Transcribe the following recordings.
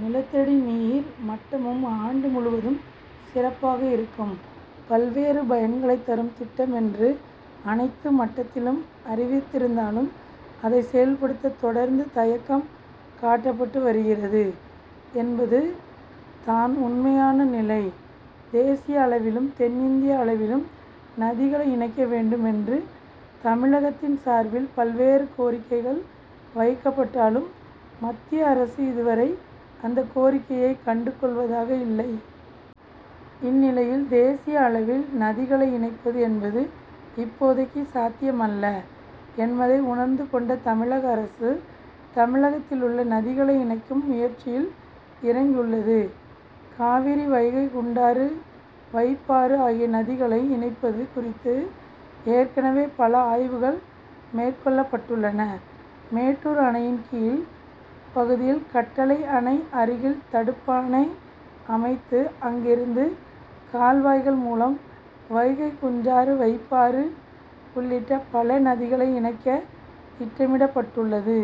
நிலத்தடி நீர் மட்டமும் ஆண்டு முழுவதும் சிறப்பாக இருக்கும். பல்வேறு பயன்களை தரும் திட்டம் என்று அனைத்து மட்டத்திலும் அறிவித்திருந்தாலும் அதை செயல்படுத்த தொடர்ந்து தயக்கம் காட்டப்பட்டு வருகிறது என்பது தான் உண்மையான நிலை. தேசிய அளவிலும் தென்னிந்திய அளவிலும் நதிகளை இணைக்க வேண்டும் என்று தமிழகத்தின் சார்பில் பல்வேறு கோரிக்கைகள் வைக்கப்பட்டாலும் மத்திய அரசு இதுவரை அந்த கோரிக்கையை கண்டு கொள்வதாக இல்லை. இந்நிலையில் தேசிய அளவில் நதிகளை இணைப்பது என்பது இப்போதைக்கு சாத்தியமல்ல என்பதை உணர்ந்து கொண்ட தமிழக அரசு தமிழகத்திலுள்ள நதிகளை இணைக்கும் முயற்சியில் இறங்கியுள்ளது. காவிரி வைகை குண்டாறு வைப்பாறு ஆகிய நதிகளை இணைப்பது குறித்து ஏற்கனவே பல ஆய்வுகள் மேற்கொள்ளப்பட்டுள்ளன. மேட்டூர் அணையின் கீழ் பகுதியில் கட்டளை அணை அருகில் தடுப்பாணை அமைத்து அங்கிருந்து கால்வாய்கள் மூலம் வைகை குண்டாறு வைப்பாறு உள்ளிட்ட பல நதிகளை இணைக்க திட்டமிடப்பட்டுள்ளது.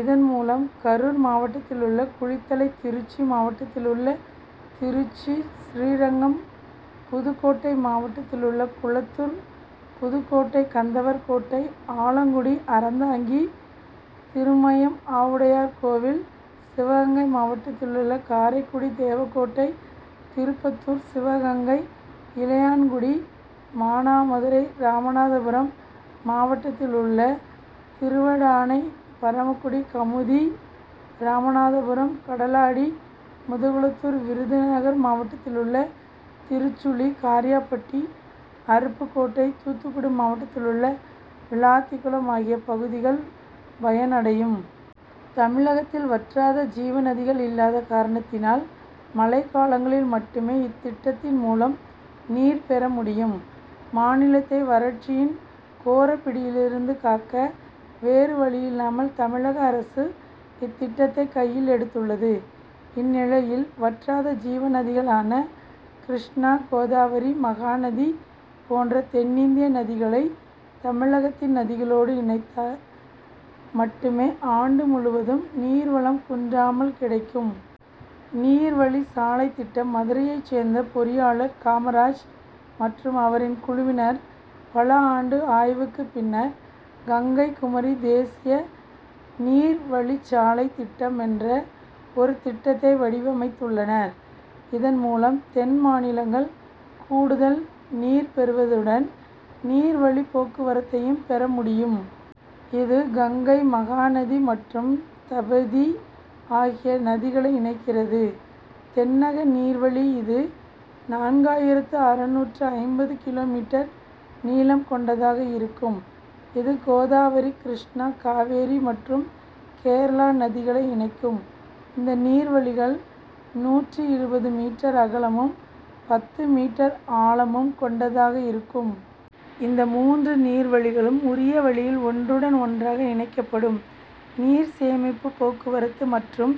இதன் மூலம் கரூர் மாவட்டத்திலுள்ள குளித்தலை திருச்சி மாவட்டத்திலுள்ள திருச்சி ஸ்ரீரங்கம் புதுக்கோட்டை மாவட்டத்திலுள்ள குளத்தூர் புதுக்கோட்டை கந்தர்வகோட்டை ஆலங்குடி அறந்தாங்கி திருமயம் ஆவுடையார் கோவில் சிவகங்கை மாவட்டத்திலுள்ள காரைக்குடி தேவக்கோட்டை திருப்பத்தூர் சிவகங்கை இளையங்குடி மானாமதுரை ராமநாதபுரம் மாவட்டத்திலுள்ள திருவடானை பரமக்குடி கமுதி ராமநாதபுரம் கடலாடி முதுகுளத்தூர் விருதுநகர் மாவட்டத்திலுள்ள திருச்சுழி கரியாப்பட்டி அருப்புக்கோட்டை தூத்துக்குடி மாவட்டத்திலுள்ள விளாத்திக்குளம் ஆகிய பகுதிகள் பயன் அடையும். தமிழகத்தில் வற்றாத ஜீவநதிகள் இல்லாத காரணத்தினால் மழைக்காலங்களில் மட்டுமே இத்திட்டத்தின் மூலம் நீர் பெற முடியும். மாநிலத்தை வறட்சியின் கோரப்பிடியிலிருந்து காக்க வேறு வழியில்லாமல் தமிழக அரசு இத்திட்டத்தை கையில் எடுத்துள்ளது. இந்நிலையில் வற்றாத ஜீவநதிகளான கிருஷ்ணா கோதாவரி மகாநதி போன்ற தென்னிந்திய நதிகளை தமிழகத்தின் நதிகளோடு இணைத்தால் மட்டுமே ஆண்டு முழுவதும் நீர்வளம் குன்றாமல் கிடைக்கும். நீர் வழிச் சாலை திட்டம் மதுரையைச் சேர்ந்த பொறியாளர் காமராஜ் மற்றும் அவரின் குழுவினர் பல ஆண்டு ஆய்வுக்கு பின்னர் கங்கை குமரி தேசிய நீர் வழிச்சாலை திட்டம் என்ற ஒரு திட்டத்தை வடிவமைத்துள்ளனர். இதன் மூலம் தென் மாநிலங்கள் கூடுதல் நீர் பெறுவதுடன் நீர் வழிப் போக்குவரத்தையும் பெற முடியும். இது கங்கை மகாநதி மற்றும் தபதி ஆகிய நதிகளை இணைக்கிறது. தென்னக நீர்வழி இது நான்காயிரத்து அறுநூற்று ஐம்பது கிலோ மீட்டர் நீளம் கொண்டதாக இருக்கும். இது கோதாவரி கிருஷ்ணா காவேரி மற்றும் கேரள நதிகளை இணைக்கும். இந்த நீர்வழிகள் நூற்று இருபது மீட்டர் அகலமும் பத்து மீட்டர் ஆழமும் கொண்டதாக இருக்கும். இந்த மூன்று நீர்வழிகளும் உரிய வழியில் ஒன்றுடன் ஒன்றாக இணைக்கப்படும். நீர் சேமிப்பு போக்குவரத்து மற்றும்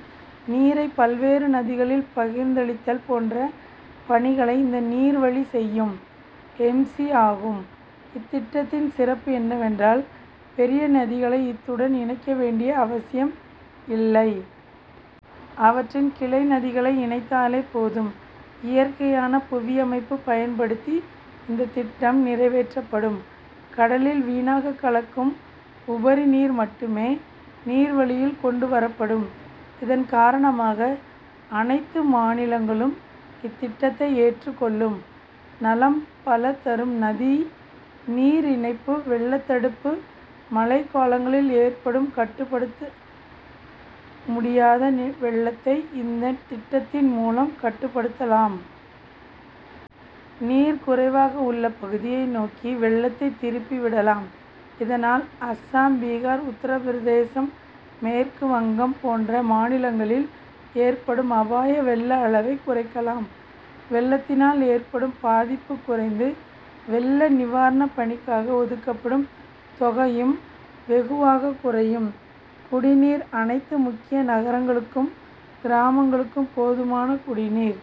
நீரை பல்வேறு நதிகளில் பகிர்ந்தளித்தல் போன்ற பணிகளை இந்த நீர்வழி செய்யும். எம். சி. ஆகும். இத்திட்டத்தின் சிறப்பு என்னவென்றால் பெரிய நதிகளை இத்துடன் இணைக்க வேண்டிய அவசியம் இல்லை. அவற்றின் கிளை நதிகளை இணைத்தாலே போதும். இயற்கையான புவியமைப்பு பயன்படுத்தி இந்த திட்டம் நிறைவேற்றப்படும். கடலில் வீணாக கலக்கும் உபரி நீர் மட்டுமே நீர்வழியில் கொண்டு வரப்படும். இதன் காரணமாக அனைத்து மாநிலங்களும் இத்திட்டத்தை ஏற்றுக் கொள்ளும். நலம் பல தரும் நதி நீர் இணைப்பு வெள்ளத்தடுப்பு மழைக்காலங்களில் ஏற்படும் கட்டுப்படுத்த முடியாத வெள்ளத்தை இந்த திட்டத்தின் மூலம் கட்டுப்படுத்தலாம். நீர் குறைவாக உள்ள பகுதியை நோக்கி வெள்ளத்தை திருப்பி விடலாம். இதனால் அசாம் பீகார் உத்தரப்பிரதேசம் மேற்கு வங்கம் போன்ற மாநிலங்களில் ஏற்படும் அபாய வெள்ள அளவை குறைக்கலாம். வெள்ளத்தினால் ஏற்படும் பாதிப்பு குறைந்து வெள்ள நிவாரண பணிக்காக ஒதுக்கப்படும் தொகையும் வெகுவாக குறையும். குடிநீர் அனைத்து முக்கிய நகரங்களுக்கும் கிராமங்களுக்கும் போதுமான குடிநீர்